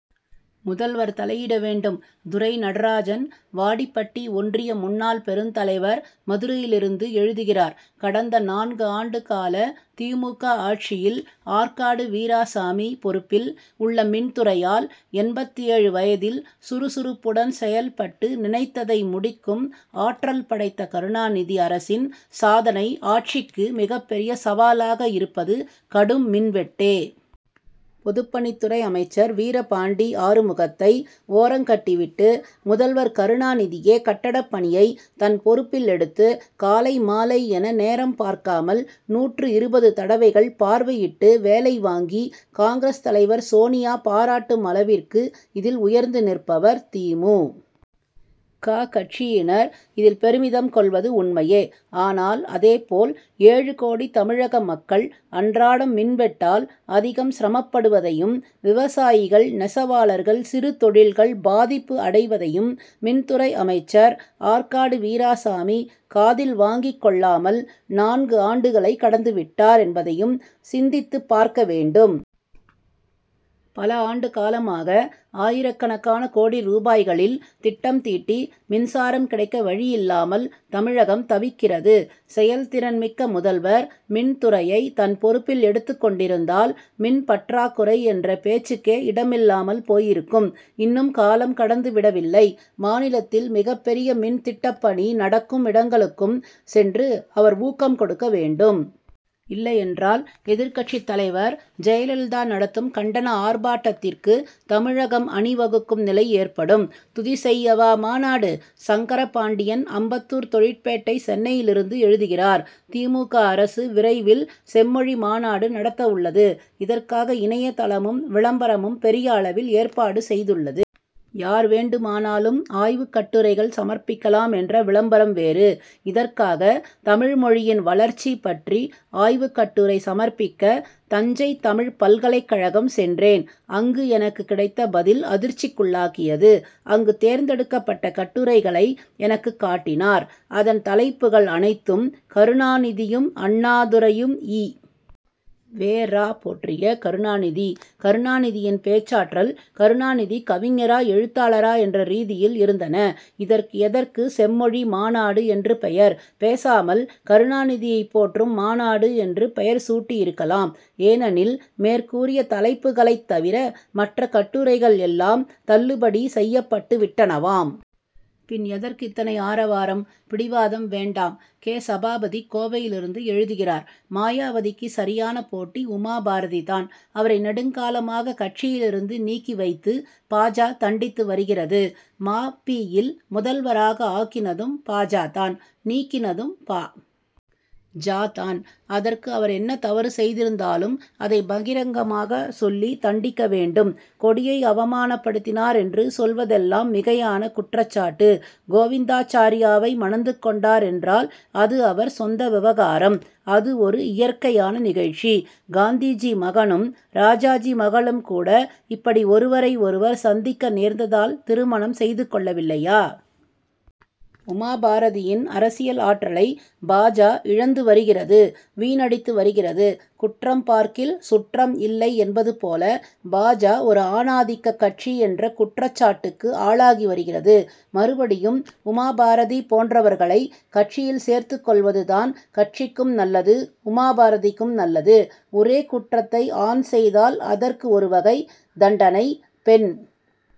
முதல்வர் தலையிட வேண்டும்! துரை நடராஜன் வாடிப்பட்டி ஒன்றிய முன்னாள் பெருந்தலைவர் மதுரையிலிருந்து எழுதுகிறார் கடந்த நான்கு ஆண்டுகால தி. மு. க. ஆட்சியில் ஆற்காடு வீராசாமி பொறுப்பில் உள்ள மின் துறையால் எண்பத்தேழு வயதில் சுறுசுறுப்புடன் செயல்பட்டு நினைத்ததை முடிக்கும் ஆற்றல் படைத்த கருணாநிதி அரசின் சாதனை ஆட்சிக்கு மிகப்பெரிய சவாலாக இருப்பது கடும் மின்வெட்டே. பொதுப்பணித்துறை அமைச்சர் வீரபாண்டி ஆறுமுகத்தை ஓரங்கட்டிவிட்டு முதல்வர் கருணாநிதியே கட்டடப் பணியை தன் பொறுப்பில் எடுத்து காலை மாலை என நேரம் பார்க்காமல் நூற்று இருபது தடவைகள் பார்வையிட்டு வேலை வாங்கி காங்கிரஸ் தலைவர் சோனியா பாராட்டும் அளவிற்கு இதில் உயர்ந்து நிற்பவர்! தி. மு. க. கட்சியினர் இதில் பெருமிதம் கொள்வது உண்மையே! ஆனால் அதேபோல் ஏழு கோடி தமிழக மக்கள் அன்றாடம் மின்வெட்டால் அதிகம் சிரமப்படுவதையும் விவசாயிகள் நெசவாளர்கள் சிறுதொழில்கள் பாதிப்பு அடைவதையும் மின்துறை அமைச்சர் ஆற்காடு வீராசாமி காதில் வாங்கிக் கொள்ளாமல் நான்கு ஆண்டுகளை கடந்துவிட்டார் என்பதையும் சிந்தித்து பார்க்க வேண்டும். பல ஆண்டு காலமாக ஆயிரக்கணக்கான கோடி ரூபாய்களில் திட்டம் தீட்டி மின்சாரம் கிடைக்க வழியில்லாமல் தமிழகம் தவிக்கிறது. செயல்திறன்மிக்க முதல்வர் மின்துறையை தன் பொறுப்பில் எடுத்துக் கொண்டிருந்தால் மின் பற்றாக்குறை என்ற பேச்சுக்கே இடமில்லாமல் போயிருக்கும். இன்னும் காலம் கடந்து விடவில்லை! மாநிலத்தில் மிகப்பெரிய மின்திட்டப்பணி நடக்கும் இடங்களுக்கும் சென்று அவர் ஊக்கம் கொடுக்க வேண்டும்! இல்லையென்றால் எதிர்க்கட்சித் தலைவர் ஜெயலலிதா நடத்தும் கண்டன ஆர்ப்பாட்டத்திற்கு தமிழகம் அணிவகுக்கும் நிலை ஏற்படும். துதி செய்யவா மாநாடு? சங்கர பாண்டியன் அம்பத்தூர் தொழிற்பேட்டை சென்னையிலிருந்து எழுதுகிறார் தி. மு. க. அரசு விரைவில் செம்மொழி மாநாடு நடத்த உள்ளது. இதற்காக இணைய தளமும் விளம்பரமும் பெரிய அளவில் ஏற்பாடு செய்துள்ளது. யார் வேண்டுமானாலும் ஆய்வுக்கட்டுரைகள் சமர்ப்பிக்கலாம் என்ற விளம்பரம் வேறு! இதற்காக தமிழ்மொழியின் வளர்ச்சி பற்றி ஆய்வுக் கட்டுரை சமர்ப்பிக்க தஞ்சை தமிழ்ப் பல்கலைக்கழகம் சென்றேன். அங்கு எனக்குக் கிடைத்த பதில் அதிர்ச்சிக்குள்ளாக்கியது. அங்கு தேர்ந்தெடுக்கப்பட்ட கட்டுரைகளை எனக்குக் காட்டினார். அதன் தலைப்புகள் அனைத்தும் கருணாநிதியும் அண்ணாதுரையும் ஈ. வெ. ரா. போற்றிய கருணாநிதி கருணாநிதியின் பேச்சாற்றல் கருணாநிதி கவிஞரா எழுத்தாளரா என்ற ரீதியில் இருந்தன. இதற்கு எதற்கு செம்மொழி மாநாடு என்று பெயர்? பேசாமல் கருணாநிதியை போற்றும் மாநாடு என்று பெயர் சூட்டியிருக்கலாம். ஏனெனில் மேற்கூறிய தலைப்புகளைத் தவிர மற்ற கட்டுரைகள் எல்லாம் தள்ளுபடி செய்யப்பட்டு விட்டனவாம். பின் எதற்கு இத்தனை ஆரவாரம்? பிடிவாதம் வேண்டாம்! கே. சபாபதி கோவையிலிருந்து எழுதுகிறார் மாயாவதிக்கு சரியான போட்டி உமாபாரதி தான். அவரை நெடுங்காலமாக கட்சியில் இருந்து நீக்கி வைத்து பா. ஜ. தண்டித்து வருகிறது. ம. பி.யில் முதல்வராக ஆக்கினதும் பா. ஜ. தான் நீக்கினதும் பா. ஜ. தான். அதற்கு அவர் என்ன தவறு செய்திருந்தாலும் அதைப் பகிரங்கமாகச் சொல்லி தண்டிக்க வேண்டும். கொடியை அவமானப்படுத்தினார் என்று சொல்வதெல்லாம் மிகையான குற்றச்சாட்டு. கோவிந்தாச்சார்யாவை மணந்து கொண்டார் என்றால் அது அவர் சொந்த விவகாரம் அது ஒரு இயற்கையான நிகழ்ச்சி. காந்திஜி மகனும் ராஜாஜி மகளும் கூட இப்படி ஒருவரை ஒருவர் சந்திக்க நேர்ந்ததால் திருமணம் செய்து கொள்ளவில்லையா? உமாபாரதியின் அரசியல் ஆற்றலை பா. ஜ. இழந்து வருகிறது வீணடித்து வருகிறது. குற்றம் பார்க்கில் சுற்றம் இல்லை என்பது போல பா. ஜ. ஒரு ஆணாதிக்கக் கட்சி என்ற குற்றச்சாட்டுக்கு ஆளாகி வருகிறது. மறுபடியும் உமாபாரதி போன்றவர்களை கட்சியில் சேர்த்துக் கொள்வது தான் கட்சிக்கும் நல்லது உமாபாரதிக்கும் நல்லது. ஒரே குற்றத்தை ஆண் செய்தால் அதற்கு ஒரு வகை தண்டனை பெண்